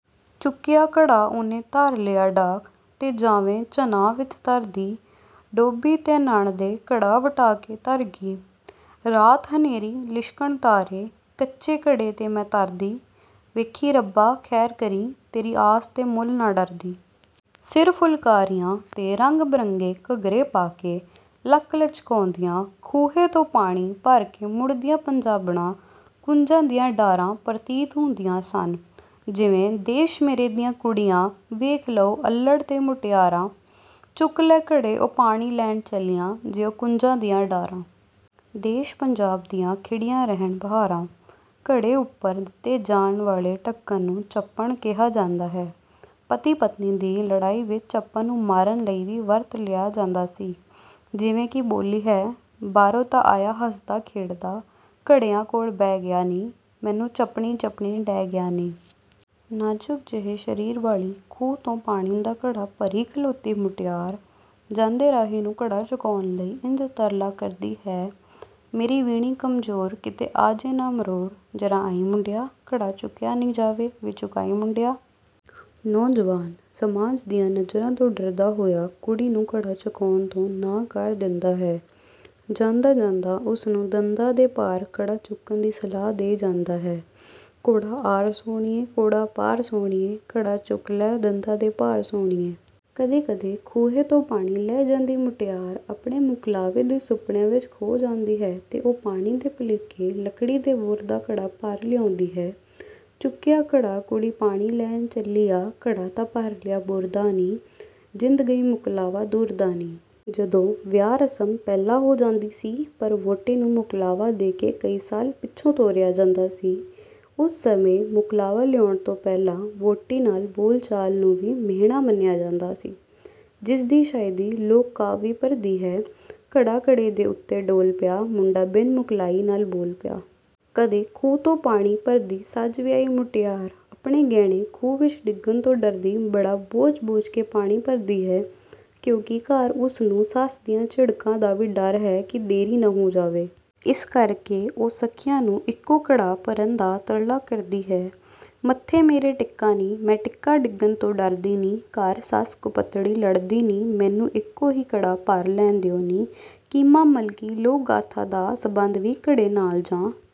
ਚੁੱਕਿਆ ਘੜਾ ਓਹਨੇ ਧਰ ਲਿਆ ਢਾਕ 'ਤੇ, ਜਾਵੇ ਝਨਾਂ ਵਿੱਚ ਤਰਦੀ, ਡੋਬੀ ਤੈਂ ਨਣਦੇ ਘੜਾ ਵਟਾ ਕੇ ਧਰਗੀ। ਰਾਤ ਹਨੇਰੀ ਲਿਸ਼ਕਣ ਤਾਰੇ, ਕੱਚੇ ਘੜੇ ਤੇ ਮੈਂ ਤਰਦੀ। ਵੇਖੀਂ ਰੱਬਾ ਖ਼ੈਰ ਕਰੀਂ, ਤੇਰੀ ਆਸ ਤੇ ਮੂਲ ਨਾ ਡਰਦੀ। ਸਿਰ ਫੁਲਕਾਰੀਆਂ ਤੇ ਰੰਗ-ਬਰੰਗੇ ਘੱਗਰੇ ਪਾ ਕੇ ਲੱਕ ਲਚਕਾਉਂਦੀਆਂ ਖੂਹੇ ਤੋਂ ਪਾਣੀ ਭਰ ਕੇ ਮੁੜਦੀਆਂ ਪੰਜਾਬਣਾਂ ਕੂੰਜਾਂ ਦੀਆਂ ਡਾਰਾਂ ਪ੍ਰਤੀਤ ਹੁੰਦੀਆਂ ਸਨ। ਜਿਵੇਂ ਦੇਸ਼ ਮੇਰੇ ਦੀਆਂ ਕੁੜੀਆਂ ਵੇਖ ਲਓ, ਅੱਲ੍ਹੜ ਤੇ ਮੁਟਿਆਰਾਂ। ਚੁੱਕ ਲੈ ਘੜੇ ਉਹ ਪਾਣੀ ਲੈਣ ਚੱਲੀਆਂ, ਜਿਉਂ ਕੂੰਜਾਂ ਦੀਆਂ ਡਾਰਾਂ। ਦੇਸ਼ ਪੰਜਾਬ ਦੀਆਂ ਖਿੜੀਆਂ ਰਹਿਣ ਬਹਾਰਾਂ। ਘੜੇ ਉੱਪਰ ਦਿੱਤੇ ਜਾਣ ਵਾਲੇ ਢੱਕਣ ਨੂੰ 'ਚੱਪਣ' ਕਿਹਾ ਜਾਂਦਾ ਹੈ। ਪਤੀ-ਪਤਨੀ ਦੀ ਲੜਾਈ ਵਿੱਚ ਚੱਪਣ ਨੂੰ ਮਾਰਨ ਲਈ ਵੀ ਵਰਤ ਲਿਆ ਜਾਂਦਾ ਸੀ, ਜਿਵੇਂ ਕਿ ਬੋਲੀ ਹੈ: ਬਾਹਰੋਂ ਤਾਂ ਆਇਆ ਹੱਸਦਾ ਖੇਡਦਾ, ਘੜਿਆਂ ਕੋਲੇ ਬਹਿ ਗਿਆ ਨੀਂਮੈਨੂੰ ਚੱਪਣੀ ਚੱਪਣੀ ਡਹਿ ਗਿਆ ਨੀਂ। ਨਾਜ਼ੁਕ ਜਿਹੇ ਸਰੀਰ ਵਾਲੀ ਖੂਹ ਤੋਂ ਪਾਣੀ ਦਾ ਘੜਾ ਭਰੀ ਖਲੋਤੀ ਮੁਟਿਆਰ ਜਾਂਦੇ ਰਾਹੀ ਨੂੰ ਘੜਾ ਚੁਕਾਉਣ ਲਈ ਇੰਜ ਤਰਲਾ ਕਰਦੀ ਹੈ: ਮੇਰੀ ਵੀਣੀ ਕਮਜ਼ੋਰ, ਕਿਤੇ ਆ ਜੇ ਨਾ ਮਰੋੜ। ਜ਼ਰਾ ਆਈਂ ਮੁੰਡਿਆ। ਘੜਾ ਚੁੱਕਿਆ ਨੀਂ ਜਾਵੇ, ਵੇ ਚੁਕਾਈਂ ਮੁੰਡਿਆ। ਨੌਜਵਾਨ ਸਮਾਜ ਦੀਆਂ ਨਜ਼ਰਾਂ ਤੋਂ ਡਰਦਾ ਹੋਇਆ ਕੁੜੀ ਨੂੰ ਘੜਾ ਚੁਕਾਉਣ ਤੋਂ ਨਾਂਹ ਕਰ ਦਿੰਦਾ ਹੈ। ਜਾਂਦਾ-ਜਾਂਦਾ ਉਸ ਨੂੰ ਦੰਦਾਂ ਦੇ ਭਾਰ ਘੜਾ ਚੁੱਕਣ ਦੀ ਸਲਾਹ ਦੇ ਜਾਂਦਾ ਹੈ: ਘੋੜਾ ਆਰ ਸੋਹਣੀਏ, ਘੋੜਾ ਪਾਰ ਸੋਹਣੀਏ, ਘੜਾ ਚੁੱਕ ਲੈ, ਦੰਦਾਂ ਦੇ ਭਾਰ ਸੋਹਣੀਏ। ਕਦੇ-ਕਦੇ ਖੂਹੇ ਤੋਂ ਪਾਣੀ ਲੈ ਜਾਂਦੀ ਮੁਟਿਆਰ ਆਪਣੇ ਮੁਕਲਾਵੇ ਦੇ ਸੁਪਨਿਆਂ ਵਿੱਚ ਖੋ ਜਾਂਦੀ ਹੈ ਤੇ ਉਹ ਪਾਣੀ ਦੇ ਭੁਲੇਖੇ ਲੱਕੜੀ ਦੇ ਬੂਰ ਦਾ ਘੜਾ ਭਰ ਲਿਆਉਂਦੀ ਹੈ: ਚੁੱਕਿਆ ਘੜਾ ਕੁੜੀ ਪਾਣੀ ਲੈਣ ਚੱਲੀ ਆ, ਘੜਾ ਤਾਂ ਭਰ ਲਿਆਈ ਬੂਰ ਦਾ ਨੀਂ, ਜਿੰਦ ਗਈ ਮੁਕਲਾਵਾ ਦੂਰ ਦਾ ਨੀਂ। ਜਦੋਂ ਵਿਆਹ ਰਸਮ ਪਹਿਲਾਂ ਹੋ ਜਾਂਦੀ ਸੀ ਪਰ ਵਹੁਟੀ ਨੂੰ ਮੁਕਲਾਵਾ ਦੇ ਕੇ ਕਈ ਸਾਲ ਪਿੱਛੋਂ ਤੋਰਿਆ ਜਾਂਦਾ ਸੀ। ਉਸ ਸਮੇਂ ਮੁਕਲਾਵਾ ਲਿਆਉਣ ਤੋਂ ਪਹਿਲਾਂ ਵਹੁਟੀ ਨਾਲ ਬੋਲ-ਚਾਲ ਨੂੰ ਵੀ ਮਿਹਣਾ ਮੰਨਿਆ ਜਾਂਦਾ ਸੀ, ਜਿਸ ਦੀ ਸ਼ਾਅਦੀ ਲੋਕ-ਕਾਵਿ ਵੀ ਭਰਦਾ ਹੈ: ਘੜਾ ਘੜੇ ਦੇ ਉੱਤੇ ਡੋਲ ਪਿਆ, ਮੁੰਡਾ ਬਿਨ ਮੁਕਲਾਈ ਨਾਲ ਬੋਲ ਪਿਆ। ਕਦੇ ਖੂਹ ਤੋਂ ਪਾਣੀ ਭਰਦੀ ਸੱਜ ਵਿਆਹ ਮੁਟਿਆਰ ਆਪਣੇ ਗਹਿਣੇ ਖੂਹ ਵਿੱਚ ਡਿੱਗਣ ਤੋਂ ਡਰਦੀ ਬੜਾ ਬੋਚ-ਬੋਚ ਕੇ ਪਾਣੀ ਭਰਦੀ ਹੈ ਕਿਉਂਕਿ ਘਰ ਉਸ ਨੂੰ ਸੱਸ ਦੀਆਂ ਝਿੜਕਾਂ ਦਾ ਵੀ ਡਰ ਹੈ ਕਿ ਦੇਰੀ ਨਾ ਹੋ ਜਾਵੇ। ਇਸ ਕਰ ਕੇ ਉਹ ਸਖ਼ੀਆਂ ਨੂੰ ਇੱਕੋ ਘੜਾ ਭਰਨ ਦਾ ਤਰਲਾ ਕਰਦੀ ਹੈ:ਮੱਥੇ ਮੇਰੇ ਟਿੱਕਾ ਨੀਂ, ਮੈਂ ਟਿੱਕਾ ਡਿੱਗਣ ਤੋਂ ਡਰਦੀ ਨੀਂ, ਘਰ ਸੱਸ ਕੁਪੱਤੜੀ ਲੜਦੀ ਨੀਂ। ਮੈਨੂੰ ਇੱਕੋ ਹੀ ਘੜਾ ਭਰ ਲੈਣ ਦਿਓ ਨੀਂ। ਕੀਮਾ-ਮਲਕੀ ਲੋਕ-ਗਾਥਾ ਦਾ ਸਬੰਧ ਵੀ ਘੜੇ ਨਾਲ ਜਾ